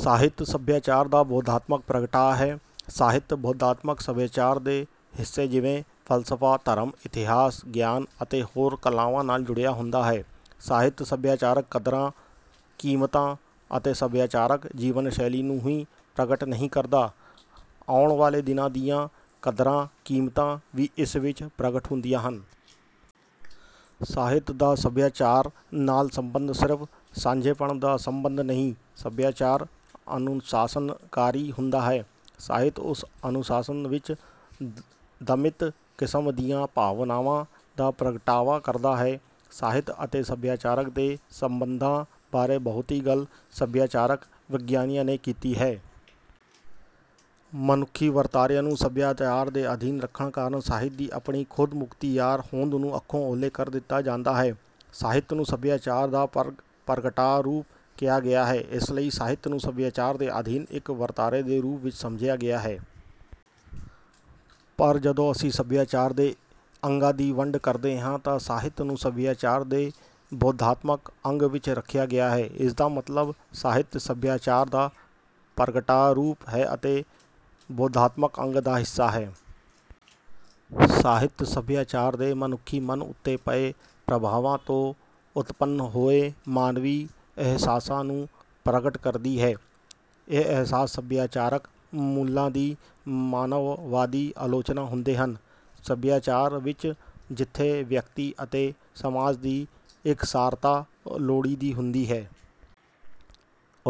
ਸਾਹਿਤ ਸਭਿਆਚਾਰ ਦਾ ਬੋਧਾਤਮਕ ਪ੍ਰਗਟਾਅ ਹੈ। ਸਾਹਿਤ ਬੋਧਾਤਮਕ ਸਭਿਆਚਾਰ ਦੇ ਹਿੱਸੇ ਜਿਵੇਂ- ਫਲਸਫਾ, ਧਰਮ, ਇਤਿਹਾਸ, ਗਿਆਨ ਅਤੇ ਹੋਰ ਕਲਾਵਾਂ ਨਾਲ ਜੁੜਿਆ ਹੁੰਦਾ ਹੈ। ਸਾਹਿਤ ਸਭਿਆਚਾਰਕ ਕਦਰਾਂ-ਕੀਮਤਾਂ ਅਤੇ ਸਭਿਆਚਾਰਕ ਜੀਵਨ ਸ਼ੈਲੀ ਨੂੰ ਹੀ ਪ੍ਰਗਟ ਨਹੀਂ ਕਰਦਾ, ਆਉਣ ਵਾਲੇ ਦਿਨਾਂ ਦੀਆਂ ਕਦਰਾਂ-ਕੀਮਤਾਂ ਵੀ ਇਸ ਵਿਚ ਪ੍ਰਗਟ ਹੁੰਦੀਆਂ ਹਨ। ਸਾਹਿਤ ਦਾ ਸਭਿਆਚਾਰ ਨਾਲ ਸੰਬੰਧ ਸਿਰਫ ਸਾਂਝੇਪਣ ਦਾ ਸੰਬੰਧ ਨਹੀਂ। ਸਭਿਆਚਾਰ ਅਨੁਸ਼ਾਸਨਕਾਰੀ ਹੁੰਦਾ ਹੈ। ਸਾਹਿਤ ਉਸ ਅਨੁਸ਼ਾਸਨ ਵਿੱਚ ਦਮਿਤ ਕਿਸਮ ਦੀਆਂ ਭਾਵਨਾਵਾਂ ਦਾ ਪ੍ਰਗਟਾਵਾ ਕਰਦਾ ਹੈ। ਸਾਹਿਤ ਅਤੇ ਸਭਿਆਚਾਰਕ ਦੇ ਸੰਬੰਧਾਂ ਬਾਰੇ ਬਹੁਤੀ ਗੱਲ ਸਭਿਆਚਾਰਕ ਵਿਗਿਆਨੀਆਂ ਨੇ ਕੀਤੀ ਹੈ। ਮਨੁੱਖੀ ਵਰਤਾਰਿਆਂ ਨੂੰ ਸਭਿਆਚਾਰ ਦੇ ਅਧੀਨ ਰੱਖਣ ਕਾਰਨ ਸਾਹਿਤ ਦੀ ਆਪਣੀ ਖ਼ੁਦਮੁਖ਼ਤਿਆਰ ਹੋਂਦ ਨੂੰ ਅੱਖੋਂ ਉਹਲੇ ਕਰ ਦਿੱਤਾ ਜਾਦਾਂ ਹੈ। ਸਾਹਿਤ ਨੂੰ ਸਭਿਆਚਾਰ ਦਾ ਪਰਗਟਾਅ ਰੂਪ ਕਿਹਾ ਗਿਆ ਹੈ। ਇਸ ਲਈ ਸਾਹਿਤ ਨੂੰ ਸਭਿਆਚਾਰ ਦੇ ਅਧੀਨ ਇਕ ਵਰਤਾਰੇ ਦੇ ਰੂਪ ਵਿੱਚ ਸਮਝਿਆ ਗਿਆ ਹੈ। ਪਰ ਜਦੋਂ ਅਸੀਂ ਸਭਿਆਚਾਰ ਦੇ ਅੰਗਾਂ ਦੀ ਵੰਡ ਕਰਦੇ ਹਾਂ ਤਾ ਸਾਹਿਤ ਨੂੰ ਸਭਿਆਚਾਰ ਦੇ ਬੋਧਾਤਮਕ ਅੰਗ ਵਿੱਚ ਰੱਖਿਆ ਗਿਆ। ਇਸ ਦਾ ਮਤਲਬ ਸਾਹਿਤ ਸਭਿਆਚਾਰ ਦਾ ਪਰਗਟਾਅ ਰੂਪ ਹੈ ਅਤੇ ਬੋਧਾਤਮਕ ਅੰਗ ਦਾ ਹਿੱਸਾ ਹੈ। ਸਾਹਿਤ ਸਭਿਆਚਾਰ ਦੇ ਮਨੁੱਖੀ ਮਨ ਉੱਤੇ ਪਏ ਪ੍ਰਭਾਵਾਂ ਤੋਂ ਉਤਪੰਨ ਹੋਏ ਮਾਨਵੀ ਅਹਿਸਾਸਾਂ ਨੂੰ ਪ੍ਰਗਟ ਕਰਦੀ ਹੈ। ਇਹ ਅਹਿਸਾਸ ਸਭਿਆਚਾਰਕ ਮੁੱਲਾਂ ਦੀ ਮਾਨਵਵਾਦੀ ਆਲੋਚਨਾ ਹੁੰਦੇ ਹਨ। ਸਭਿਆਚਾਰ ਵਿੱਚ ਜਿੱਥੇ ਵਿਅਕਤੀ ਅਤੇ ਸਮਾਜ ਦੀ ਇਕਸਾਰਤਾ ਲੋੜੀਦੀ ਹੁੰਦੀ ਹੈ।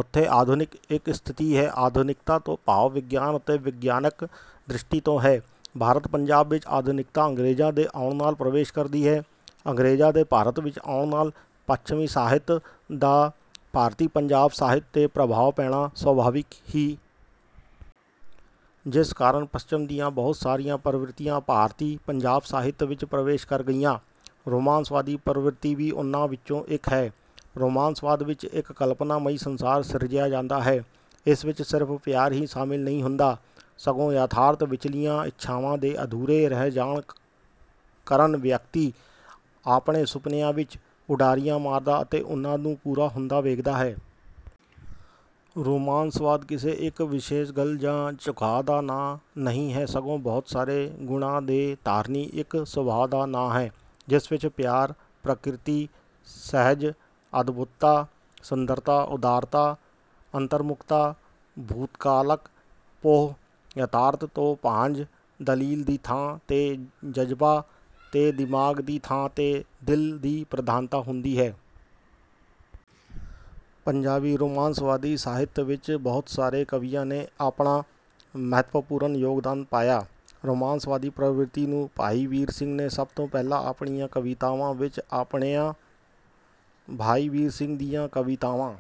ਉੱਥੇ ਆਧੁਨਿਕ ਇੱਕ ਸਥਿਤੀ ਹੈ। ਆਧੁਨਿਕਤਾ ਤੋਂ ਭਾਵ ਵਿਗਿਆਨ ਅਤੇ ਵਿਗਿਆਨਕ ਦ੍ਰਿਸ਼ਟੀ ਤੋਂ ਹੈ। ਭਾਰਤ ਪੰਜਾਬ ਵਿੱਚ ਆਧੁਨਿਕਤਾ ਅੰਗਰੇਜ਼ਾ ਦੇ ਆਉਣ ਨਾਲ ਪ੍ਰਵੇਸ਼ ਕਰਦੀ ਹੈ। ਅੰਗਰੇਜ਼ਾਂ ਦੇ ਭਾਰਤ ਵਿੱਚ ਆਉਣ ਨਾਲ ਪੱਛਮੀ ਸਾਹਿਤ ਦਾ ਭਾਰਤੀ ਪੰਜਾਬ ਸਾਹਿਤ ਤੇ ਪ੍ਰਭਾਵ ਪੈਣਾ ਸੁਭਾਵਿਕ ਹੀ। ਜਿਸ ਕਾਰਨ ਪੱਛਮ ਦੀਆਂ ਬਹੁਤ ਸਾਰੀਆਂ ਪ੍ਰਵਿਰਤੀਆਂ ਭਾਰਤੀ ਪੰਜਾਬ ਸਾਹਿਤ ਵਿੱਚ ਪ੍ਰਵੇਸ਼ ਕਰ ਗਈਆਂ। ਰੁਮਾਂਸਵਾਦੀ ਪ੍ਰਵਿਰਤੀ ਵੀ ਉਨ੍ਹਾਂ ਵਿੱਚੋਂ ਇੱਕ ਹੈ। ਰੁਮਾਂਸਵਾਦ ਵਿੱਚ ਇੱਕ ਕਲਪਨਾ ਮਈ ਸੰਸਾਰ ਸਿਰਜਿਆ ਜਾਂਦਾ ਹੈ। ਇਸ ਵਿੱਚ ਸਿਰਫ਼ ਪਿਆਰ ਹੀ ਸ਼ਾਮਿਲ ਨਹੀਂ ਹੁੰਦਾ, ਸਗੋਂ ਯਥਾਰਥ ਵਿਚਲੀਆਂ ਇੱਛਾਵਾਂ ਦੇ ਅਧੂਰੇ ਰਹਿ ਜਾਣ ਕਰਨ ਵਿਅਕਤੀ ਆਪਣੇ ਸੁਪਨਿਆਂ ਵਿੱਚ ਉਡਾਰੀਆਂ ਮਾਰਦਾ ਅਤੇ ਉਨ੍ਹਾਂ ਨੂੰ ਪੂਰਾ ਹੁੰਦਾ ਵੇਖਦਾ ਹੈ। ਰੁਮਾਂਸਵਾਦ ਕਿਸੇ ਇੱਕ ਵਿਸ਼ੇਸ਼ ਗੱਲ ਜਾਂ ਝੁਕਾਅ ਦਾ ਨਾਂ ਨਹੀਂ ਹੈ ਸਗੋਂ ਬਹੁਤ ਸਾਰੇ ਗੁਣਾਂ ਦੇ ਧਾਰਨੀ ਇੱਕ ਸੁਭਾਅ ਦਾ ਨਾਂ ਹੈ। ਜਿਸ ਵਿੱਚ ਪਿਆਰ, ਪ੍ਰਕਿਰਤੀ, ਸੁਹਜ, ਅਦਭੁੁਤਤਾਂ, ਸੁੰਦਰਤਾ, ਉਦਾਰਤਾ, ਅੰਤਰਮੁੁਖਤਾਂ, ਭੂਤਕਾਲਕ ਪੋਹ, ਯਥਾਰਥ ਤੋਂ ਭਾਂਜ, ਦਲੀਲ ਦੀ ਥਾਂ ਤੇ ਜਜ਼ਬਾ ਤੇ ਦਿਮਾਗ ਦੀ ਥਾਂ ਤੇ ਦਿਲ ਦੀ ਪ੍ਰਧਾਨਤਾ ਹੁੰਦੀ ਹੈ। ਪੰਜਾਬੀ ਰੁਮਾਂਸਵਾਦੀ ਸਾਹਿਤ ਵਿੱਚ ਬਹੁਤ ਸਾਰੇ ਕਵੀਆਂ ਨੇ ਆਪਣਾ ਮਹੱਤਵਪੂਰਨ ਯੋਗਦਾਨ ਪਾਇਆ। ਰੁਮਾਂਸਵਾਦੀ ਪ੍ਰਵਿਰਤੀ ਨੂੰ ਭਾਈ ਵੀਰ ਸਿੰਘ ਨੇ ਸਭ ਤੋਂ ਪਹਿਲਾਂ ਆਪਣੀਆਂ ਕਵਿਤਾਵਾਂ ਵਿੱਚ ਅਪਣਾਇਆ। ਭਾਈ ਵੀਰ ਸਿੰਘ ਦੀਆਂ ਕਵਿਤਾਵਾਂ